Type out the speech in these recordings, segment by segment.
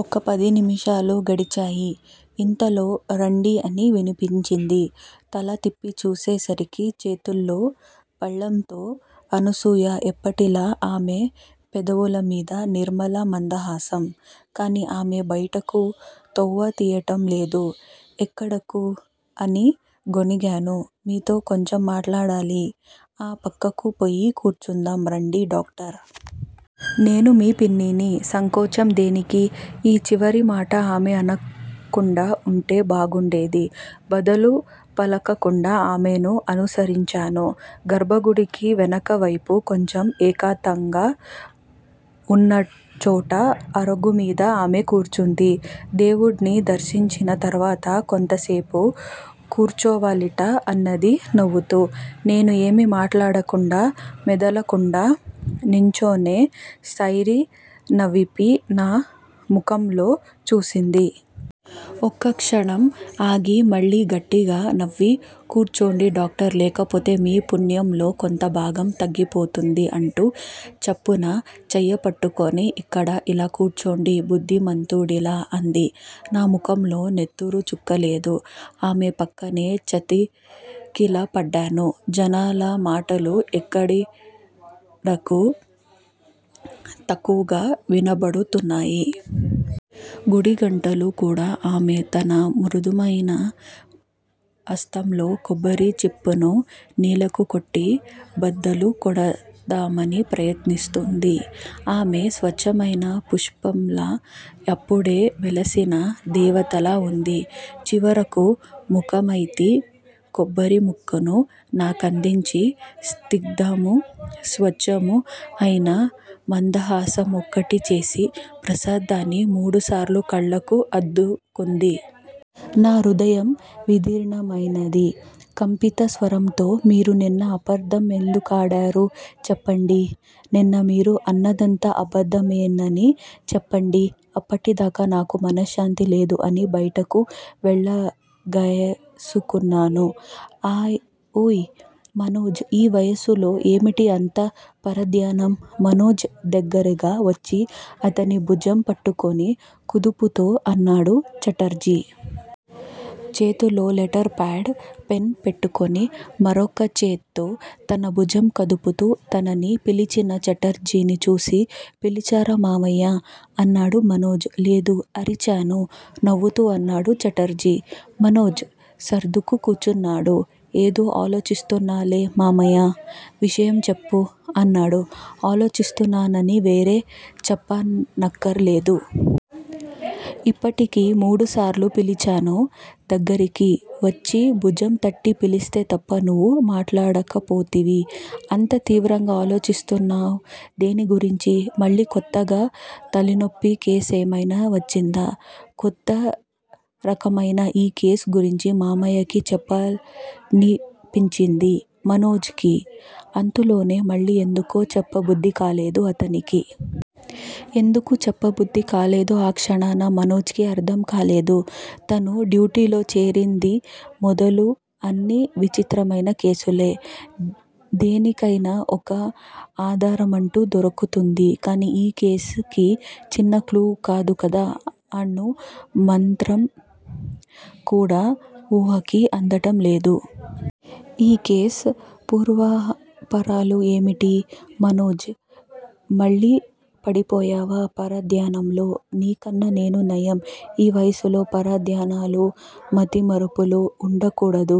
ఒక్క పదినిముషాలు గడిచాయి. ఇంతలో రండి అని వినిపించింది. తల త్రిప్పి చూసే సరికి చేతిలో పళ్ళెంతో అనసూయ, ఎప్పటిలా ఆమె పెదవుల మీద నిర్మల మందహాసం. కాని ఆమె బయటకు త్రోవ తియ్యటం లేదు. ఎక్కడకు? అని గొణిగాను. మీతో కొంచెం మాట్లాడాలి. ఆ ప్రక్కకు పోయి కూర్చుందాం రండి డాక్టర్! నేను మీ పిన్నిని సంకోచం దేనికీ? ఈ చివరిమాట ఆమె అనకుండా వుంటే బాగుండేది. బదులు పలకకుండా ఆమెను అనుసరించాను. గర్భగుడికి వెనుకవైపు కొంచెం ఏకాంతంగా వున్నచోట అరుగుమీద ఆమె కూర్చుంది. దేముడ్ని దర్శించిన తర్వాత కొంతసేపు కూర్చోవాలిట అన్నది నవ్వుతూ. నేను ఏమీ మాట్లాడకుండా మెదలకుండా నిల్చునే సైర్కి నవ్వాపి నా ముఖంలోకి చూసింది. ఒక్కక్షణం ఆగి మళ్ళీ గట్టిగా నవ్వి కూర్చోండి డాక్టర్ లేకపోతే మీ పుణ్యంలో కొంత భాగం తగ్గిపోతుంది అంటూ చప్పున చెయ్యిపట్టుకుని ఇక్కడ ఇలా కూర్చోండి బుద్దిమంతుడిలా అంది. నా ముఖంలో నెత్తురు చుక్కలేదు. ఆమె ప్రక్కనే చతికిలబడ్డాను. జనుల మాటలు యిక్కడకు తక్కువగా వినబడుతున్నాయి. గుడిగంటలు కూడా ఆమె తన మృదువైన హస్తంతో కొబ్బరిచిప్పను నేలకు కొట్టి బ్రద్దలు కొడదామణి ప్రయత్నిస్తోంది. ఆమె స్వచ్చమైన పుష్పంలా యిప్పుడే వెలసిన దేవతలా వుంది. చివరకు ముఖమెత్తి కొబ్బరిముక్కను నాకందించి, స్నిగ్ధమూ, స్వచ్చమూ అయిన మందహాసం ఒకటి చేసి ప్రసాదాన్ని మూడుసార్లు కళ్ళకు అద్దుకొంది. నా హృదయం విదీర్ణమయింది. కంపిత స్వరంతో మీరు నిన్న అబద్దమెందుకాడారు? చెప్పండి. నిన్న మీరు అన్నదంతా అబద్దమేనని చెప్పండి. అప్పటిదాకా నాకు మనశ్శాంతి లేదు అని బయటకు వెళ్ళగయేసుకున్నాను. ఓయ్! మనోజ్! ఈ వయస్సులో ఏమిటి అంత పరధ్యానం? మనోజ్ దగ్గరగా వచ్చి అతని భుజం పట్టుకుని కుదుపుతూ అన్నాడు ఛటర్జీ. చేతిలో లెటర్ పాడ్, పెన్ను పట్టుకుని, మరొకచేత్తో తన భుజం కుదుపుతూ, తనని పిలిచిన ఛటర్జీ చూసి, పిలిచారా మామయ్యా! అన్నాడు మనోజ్. లేదు! అరిచాను నవ్వుతూ అన్నాడు ఛటర్జీ. మనోజ్ సర్దుకు కూర్చున్నాడు. ఏదో ఆలోచిస్తున్నాలే మామయ్యా! విషయం చెప్పు! అన్నాడు. ఆలోచిస్తున్నానని వేరే చెప్పనక్కర లేదోయ్! ఇప్పటికి మూడుసార్లు పిలిచాను దగ్గరికి వచ్చి భుజం తట్టి పిలిస్తే తప్ప నువ్వు మాట్లాడకపోతివి. అంత తీవ్రంగా ఆలోచిస్తున్నావ్ దేని గురించి? మళ్ళీ క్రొత్తగా తలనొప్పి కేసేమయినా వచ్చిందా? క్రొత్త రకమయిన ఈ కేసు గురించి మామయ్యకి చెప్పాలనిపించింది మనోజ్ కి. అంతలోనే మళ్ళీ ఎందుకో చెప్పబుద్దికాలేదు అతనికి. ఎందుకు చెప్పబుద్ది కాలేదో ఆ క్షణాన మనోజ్ కి అర్ధం కాలేదు. తను డ్యూటీలో చేరింది మొదలు అన్నీ విచిత్రమయిన కేసులే. దేనికయినా ఒక ఆధారమంటూ దొరుకుతుంది. కానీ ఈ కేసుకి చిన్న క్లూ కాదు కదా! అణు మాత్రం కూడా వూహకి అందటం లేదు. ఈ కేసు పూర్వాపరాలు ఏమిటో? మనోజ్! మళ్ళీ పడిపోయావ్ పరధ్యానంలో నీకన్నా నేను నయం ఈ వయస్సులో పరధ్యానాలూ, మతిమరుపులూ వుండకూడదు.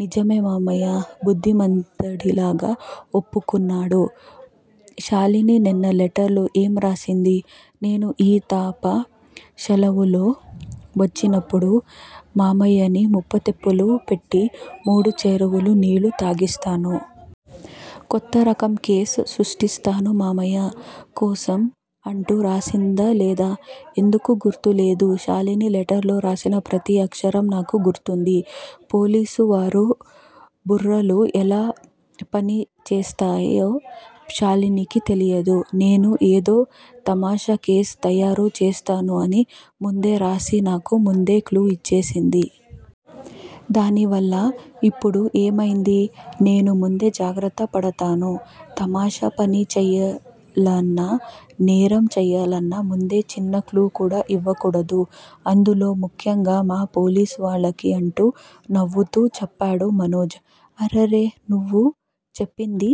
నిజమే మామయ్యా! బుద్ధిమంతుడిలాగా ఒప్పుకున్నాడు. షాలిని నిన్న లెటర్ లో ఏం రాసింది? నేను ఈ త్యాప శెలవుల్లో వచ్చినప్పుడు. మామయ్యని ముప్పతిప్పలు పెట్టి మూడు చెరువుల నీళ్లు తాగిస్తాను. కొత్త రకం కేసు సృష్టిస్తాను మామయ్య కోసం అంటూ రాసిందా లేదా? ఎందుకు గుర్తు లేదూ! షాలిని లెటర్ లో రాసిన ప్రతి అక్షరం నాకు గుర్తుంది. పోలీసు వారి బుర్రలు ఎలా పనిచేస్తాయో షాలినీకి తెలియదు. నేను ఏదో తమాషా కేసు తయారు చేస్తాను అని ముందే రాసి నాకు ముందే క్లూ ఇచ్చేసింది. దానివల్ల ఇప్పుడు ఏమయింది? నేను ముందే జాగ్రత్త పడతాను. తమాషా పని చెయ్యాలన్నా, నేరం చెయ్యాలన్నా, ముందే చిన్న క్లూ కూడా ఇవ్వకూడదు. అందులో ముఖ్యంగా మా పోలీసు వాళ్ళకి అంటూ నవ్వుతూ చెప్పాడు మనోజ్. అరెరె! నువ్వు చెప్పిందీ